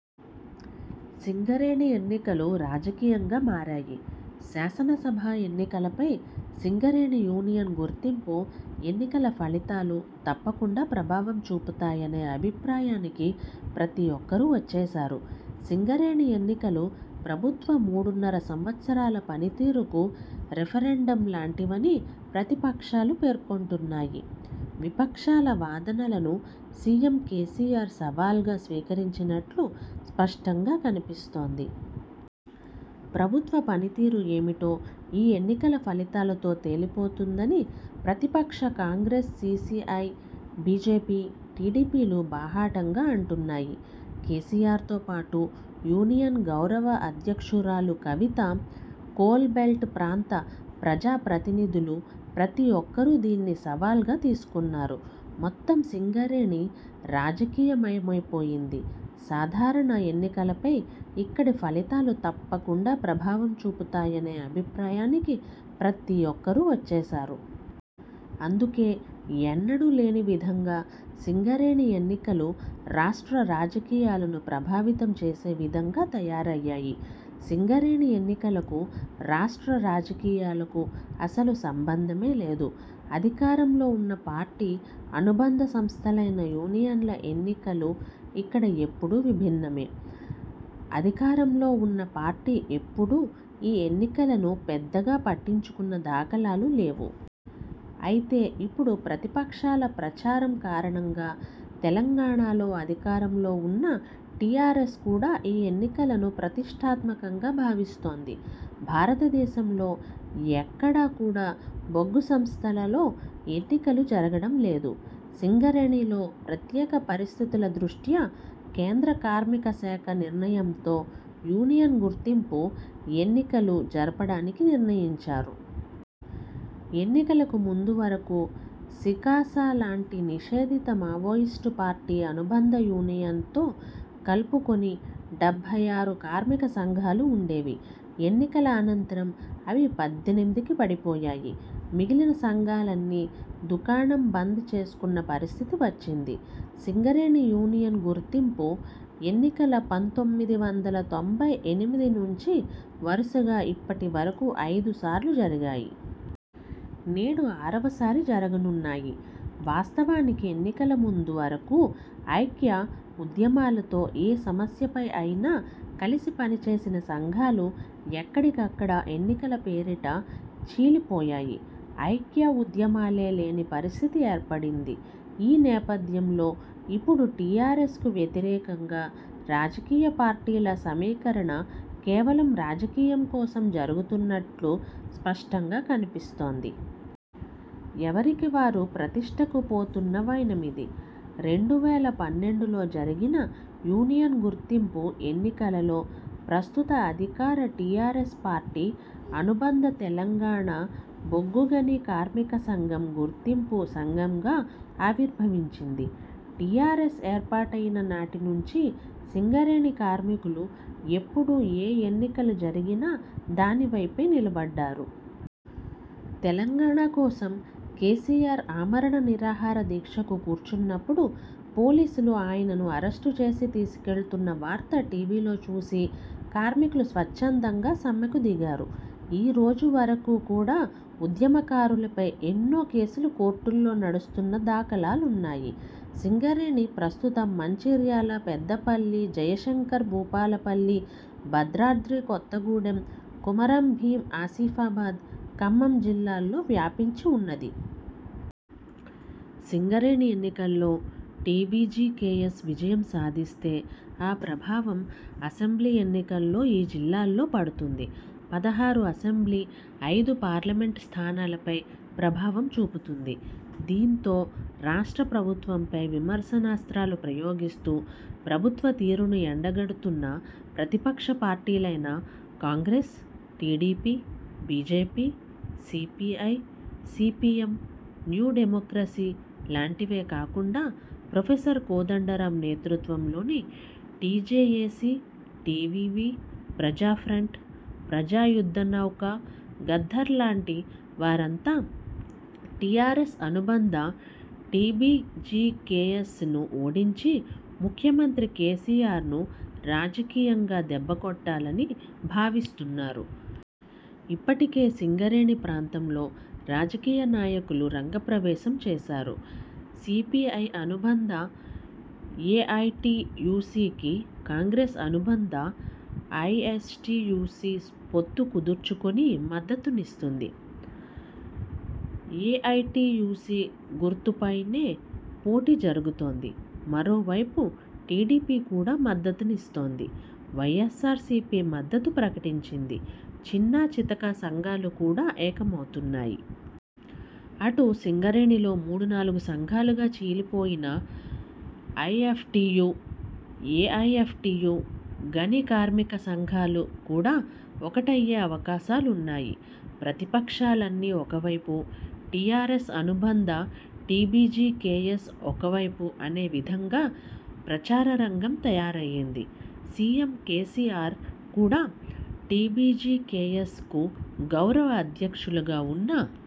సింగరేణి ఎన్నికలు రాజకీయంగా మారాయి. శాసనసభా ఎన్నికలపై సింగరేణి యూనియన్ గుర్తింపు ఎన్నికల ఫలితాలు తప్పకుండా ప్రభావం చూపుతాయనే అభిప్రాయానికి ప్రతిఒక్కరూ వచ్చేశారు. సింగరేణి ఎన్నికలు ప్రభుత్వ మూడున్నర సంవత్సరాల పనితీరుకు రెఫరెండం లాంటివని ప్రతిపక్షాలు పేర్కొంటున్నాయి. విపక్షాల వాదనలను సీఎం కేసీఆర్ సవాల్‌గా స్వీకరించినట్లు స్పష్టంగా కనిపిస్తోంది. ప్రభుత్వ పనితీరు ఏమిటో ఈ ఎన్నికల ఫలితాలతో తేలిపోతుందని ప్రతిపక్ష కాంగ్రెస్, సీసీఐ, బీజేపీ, టీడీపీలు బాహాటంగా అంటున్నాయి. కేసీఆర్‌తో పాటు యూనియన్ గౌరవ అధ్యక్షురాలు కవిత, కోల్‌బెల్ట్ ప్రాంత ప్రజాప్రతినిధులు ప్రతీ ఒక్కరూ దీన్ని సవాల్‌గా తీసుకున్నారు. మొత్తం సింగరేణి రాజకీయమయమైపోయింది. సాధారణ ఎన్నికలపై ఇక్కడి ఫలితాలు తప్పకుండా ప్రభావం చూపుతాయనే అభిప్రాయానికి ప్రతి ఒక్కరూ వచ్చేశారు. అందుకే ఎన్నడూ లేని విధంగా సింగరేణి ఎన్నికలు రాష్ట్ర రాజకీయాలను ప్రభావితం చేసే విధంగా తయారయ్యాయి. సింగరేణి ఎన్నికలకు రాష్ట్ర రాజకీయాలకు అసలు సంబంధమే లేదు. అధికారంలో ఉన్న పార్టీ అనుబంధ సంస్థలైన యూనియన్ల ఎన్నికలు ఇక్కడ ఎప్పుడూ విభిన్నమే. అధికారంలో ఉన్న పార్టీ ఎప్పుడూ ఈ ఎన్నికలను పెద్దగా పట్టించుకున్న దాఖలాలు లేవు. అయితే ఇప్పుడు ప్రతిపక్షాల ప్రచారం కారణంగా తెలంగాణలో అధికారంలో ఉన్న టీఆర్ఎస్ కూడా ఈ ఎన్నికలను ప్రతిష్ఠాత్మకంగా భావిస్తోంది. భారతదేశంలో ఎక్కడా కూడా బొగ్గు సంస్థలలో ఎన్నికలు జరగడం లేదు. సింగరేణిలో ప్రత్యేక పరిస్థితుల దృష్ట్యా కేంద్ర కార్మిక శాఖ నిర్ణయంతో యూనియన్ గుర్తింపు ఎన్నికలు జరపడానికి నిర్ణయించారు. ఎన్నికలకు ముందు వరకు సికాస లాంటి నిషేధిత మావోయిస్టు పార్టీ అనుబంధ యూనియన్‌తో కలుపుకుని డెబ్బై ఆరు కార్మిక సంఘాలు ఉండేవి. ఎన్నికల అనంతరం అవి పద్దెనిమిదికి పడిపోయాయి. మిగిలిన సంఘాలన్నీ దుకాణం బంద్ చేసుకున్న పరిస్థితి వచ్చింది. సింగరేణి యూనియన్ గుర్తింపు ఎన్నికల పంతొమ్మిది వందల తొంభై ఎనిమిది నుంచి వరుసగా ఇప్పటి వరకు ఐదుసార్లు జరిగాయి. నేడు ఆరవసారి జరుగనున్నాయి. వాస్తవానికి ఎన్నికల ముందు వరకు ఐక్య ఉద్యమాలతో ఏ సమస్యపై అయినా కలిసి పనిచేసిన సంఘాలు ఎక్కడికక్కడ ఎన్నికల పేరిట చీలిపోయాయి. ఐక్య ఉద్యమాలే లేని పరిస్థితి ఏర్పడింది. ఈ నేపథ్యంలో ఇప్పుడు టీఆర్ఎస్‌కు వ్యతిరేకంగా రాజకీయ పార్టీల సమీకరణ కేవలం రాజకీయం కోసం జరుగుతున్నట్లు స్పష్టంగా కనిపిస్తోంది. ఎవరికి వారు ప్రతిష్ఠకు పోతున్న వైనమిది. రెండు వేల పన్నెండులో జరిగిన యూనియన్ గుర్తింపు ఎన్నికలలో ప్రస్తుత అధికార టీఆర్ఎస్ పార్టీ అనుబంధ తెలంగాణ బొగ్గుగని కార్మిక సంఘం గుర్తింపు సంఘంగా ఆవిర్భవించింది. టీఆర్ఎస్ ఏర్పాటయిన నాటి నుంచి సింగరేణి కార్మికులు ఎప్పుడు ఏ ఎన్నికలు జరిగినా దానివైపే నిలబడ్డారు. తెలంగాణ కోసం కేసీఆర్ ఆమరణ నిరాహార దీక్షకు కూర్చున్నపుడు పోలీసులు ఆయనను అరెస్టు చేసి తీసుకెళ్తున్న వార్త టీవీలో చూసి కార్మికులు స్వచ్ఛందంగా సమ్మెకు దిగారు. ఈరోజు వరకు కూడా ఉద్యమకారులపై ఎన్నో కేసులు కోర్టుల్లో నడుస్తున్న దాఖలాలున్నాయి. సింగరేణి ప్రస్తుతం మంచిర్యాల, పెద్దపల్లి, జయశంకర్ భూపాలపల్లి, భద్రాద్రి కొత్తగూడెం, కొమ్రం భీం ఆసిఫాబాద్, ఖమ్మం జిల్లాల్లో వ్యాపించి ఉన్నది. సింగరేణి ఎన్నికల్లో టీబీజీకేఎస్ విజయం సాధిస్తే ఆ ప్రభావం అసెంబ్లీ ఎన్నికల్లో ఈ జిల్లాలలో పడుతుంది. పదహారు అసెంబ్లీ, ఐదు పార్లమెంట్ స్థానాలపై ప్రభావం చూపుతుంది. దీంతో రాష్ట్ర ప్రభుత్వంపై విమర్శనాస్త్రాలు ప్రయోగిస్తూ ప్రభుత్వ తీరును ఎండగడుతున్న ప్రతిపక్ష పార్టీలైన Congress, TDP, BJP, CPI, CPM, New Democracy లాంటివే కాకుండా ప్రొఫెసర్ కోదండరాం నేతృత్వంలోని టీజేఏసీ, టీవీవీ, ప్రజాఫ్రంట్, ప్రజాయుద్ధనౌక గద్దర్ లాంటి వారంతా టీఆర్ఎస్ అనుబంధ టీబీజీకేఎస్‌ను ఓడించి ముఖ్యమంత్రి కేసీఆర్‌ను రాజకీయంగా దెబ్బకొట్టాలని భావిస్తున్నారు. ఇప్పటికే సింగరేణి ప్రాంతంలో రాజకీయ నాయకులు రంగ ప్రవేశం చేశారు. సీపీఐ అనుబంధ ఏఐటీయూసీకి, కాంగ్రెస్ అనుబంధ ఐఎన్టీయూసీ పొత్తు కుదుర్చుకుని మద్దతునిస్తుంది. ఏఐటీయూసీ గుర్తుపైనే పోటీ జరుగుతోంది. మరోవైపు టీడీపీ కూడా మద్దతునిస్తోంది. వైఎస్సార్సీపీ మద్దతు ప్రకటించింది. చిన్నా చితకా సంఘాలు కూడా ఏకమవుతున్నాయి. అటు సింగరేణిలో మూడు, నాలుగు సంఘాలుగా చీలిపోయిన ఐఎఫ్టీయూ, ఏఐఎఫ్టీయూ, గని కార్మిక సంఘాలు కూడా ఒక్కటయ్యే అవకాశాలున్నాయి. ప్రతిపక్షాలన్నీ ఒకవైపు, టీఆర్ఎస్ అనుబంధ టీబీజీకేఎస్ ఒక వైపు అనే విధంగా ప్రచారరంగం తయారయ్యింది. సీఎం కేసీఆర్ కూడా టీబీజీకేఎస్‌కు గౌరవ అధ్యక్షులుగా ఉన్న